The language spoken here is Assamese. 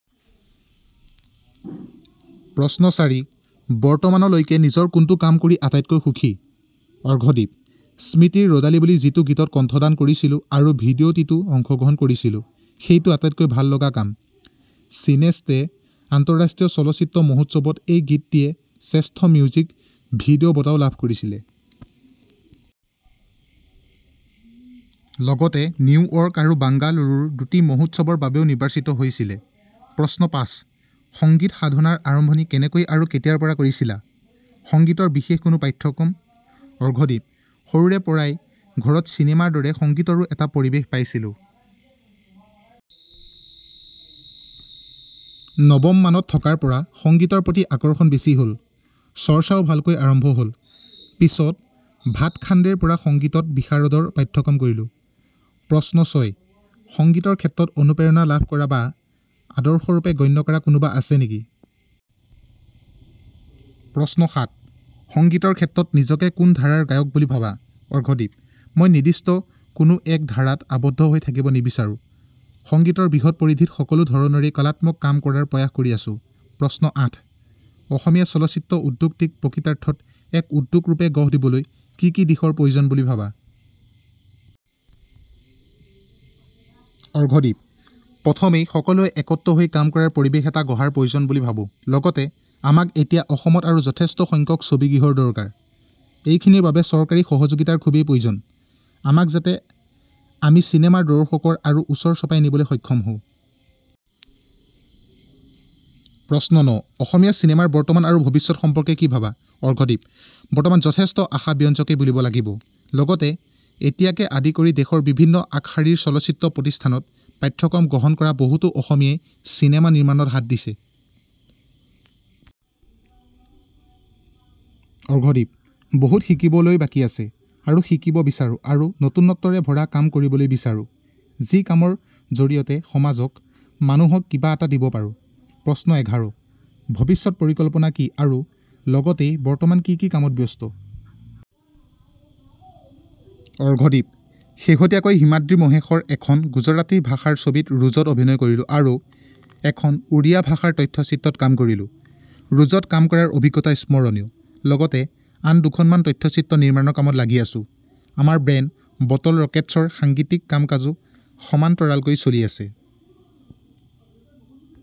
প্ৰশ্ন চাৰি: বৰ্তমানলৈকে নিজৰ কোনটো কাম কৰি আটাইতকৈ সুখী? অৰ্ঘদীপ: স্মৃতিৰ ৰ'দালি বুলি যিটো গীতত কন্ঠদান কৰিছিলো আৰু ভিডিঅ'টিতো অংশগ্ৰহণ কৰিছিলো, সেইটো আটাইতকৈ ভাল লগা কাম। চিনেষ্টে আন্তঃৰাষ্ট্ৰীয় চলচ্চিত্ৰ মহোৎসৱত এই গীতটিয়ে শ্ৰেষ্ঠ মিউজিক ভিডিঅ' বঁটাও লাভ কৰিছিলে। লগতে নিউয়ৰ্ক আৰু বাংগালুৰুৰ দুটি মহোৎসৱৰ বাবেও নিৰ্বাচিত হৈছিলে। প্ৰশ্ন পাঁচ: সংগীত সাধনাৰ আৰম্ভণি কেনেকৈ আৰু কেতিয়াৰ পৰা কৰিছিলা? সংগীতৰ বিশেষ কোনো পাঠ্যক্ৰম? অৰ্ঘদীপ: সৰুৰে পৰাই ঘৰত চিনেমাৰ দৰেই সংগীতৰো এটা পৰিৱেশ পাইছিলো। নৱম মানত থকাৰ পৰা সংগীতৰ প্ৰতি আকৰ্ষণ বেছি হ'ল। চৰ্চাও ভালকৈ আৰম্ভ হ'ল। পিছত ভাটখাণ্ডেৰ পৰা সংগীতত বিশাৰদৰ পাঠ্যক্ৰম কৰিলো। প্ৰশ্ন ছয়: সংগীতৰ ক্ষেত্ৰত অনুপ্ৰেৰণা লাভ কৰা বা আদৰ্শৰূপে গণ্য কৰা কোনোবা আছে নেকি? প্ৰশ্ন সাত: সংগীতৰ ক্ষেত্ৰত নিজকে কোন ধাৰাৰ গায়ক বুলি ভাবা? অৰ্ঘদীপ: মই নিৰ্দ্দিষ্ট কোনো এক ধাৰাত আবদ্ধ হৈ থাকিব নিবিচাৰো। সংগীতৰ বৃহৎ পৰিধিত সকলো ধৰণৰেই কলাত্নক কাম কৰাৰ প্ৰয়াস কৰি আছো। প্ৰশ্ন আঠ: অসমীয়া চলচ্চিত্ৰ উদ্যোগটিক প্ৰকৃতাৰ্থত এক উদ্যোগ ৰূপে গঢ় লবলৈ কি কি দিশৰ প্ৰয়োজন বুলি ভাবা? অৰ্ঘদীপ: প্ৰথমেই সকলোৱে একত্ৰ হৈ কাম কৰাৰ পৰিবেশ এটা গঢ়াৰ প্ৰয়োজন বুলি ভাবো। লগতে আমাক এতিয়া অসমত আৰু যথেষ্ট সংখ্যক ছবিগৃহৰ দৰকাৰ। এইখিনিৰ বাবে চৰকাৰী সহযোগিতাৰ খুবেই প্ৰয়োজন। আমাক যাতে আমি চিনেমাৰ দৰ্শকৰ আৰু ওচৰ চপাই নিবলৈ সক্ষম হওঁ। প্ৰশ্ন ন: অসমীয়া চিনেমাৰ বৰ্তমান আৰু ভৱিষ্যত সম্পৰ্কে কি ভাবা? অৰ্ঘদীপ: বৰ্তমান যথেষ্ট আশা ব্যঞ্জকেই বুলিব লাগিব। লগতে এতিয়াকে আদি কৰি দেশৰ বিভিন্ন আগশাৰীৰ চলচ্চিত্ৰ প্ৰতিষ্ঠানত পাঠ্যক্ৰম গ্ৰহণ কৰা বহুতো অসমীয়াই চিনেমা নিৰ্মাণত হাত দিছে। অৰ্ঘদীপ: বহুত শিকিবলৈ বাকী আছে আৰু শিকিব বিচাৰো আৰু নতুনত্বৰে ভৰা কাম কৰিবলৈ বিচাৰো, যি কামৰ জড়িয়তে সমাজক, মানুহক, কিবা এটা দিব পাৰো। প্ৰশ্ন এঘাৰ: ভৱিষ্যত পৰিকল্পনা কি আৰু লগতেই বৰ্তমান কি কি কামত ব্যস্ত? অৰ্ঘদীপ: শেহতীয়াকৈ হিমাদ্ৰী মহেশৰ এখন গুজৰাটী ভাষাৰ ছবি ৰুজত অভিনয় কৰিলো আৰু এখন উড়ীয়া ভাষাৰ তথ্যচিত্ৰত কাম কৰিলো। ৰুজত কাম কৰাৰ অভিজ্ঞতা স্মৰণীয়। লগতে আন দুখনমান তথ্যচিত্ৰ নিৰ্মাণৰ কামত লাগি আছো। আমাৰ বেণ্ড "বটল ৰকেটছ"ৰ সাংগিতীক কাম-কাজো সমান্তৰালকৈ চলি আছে।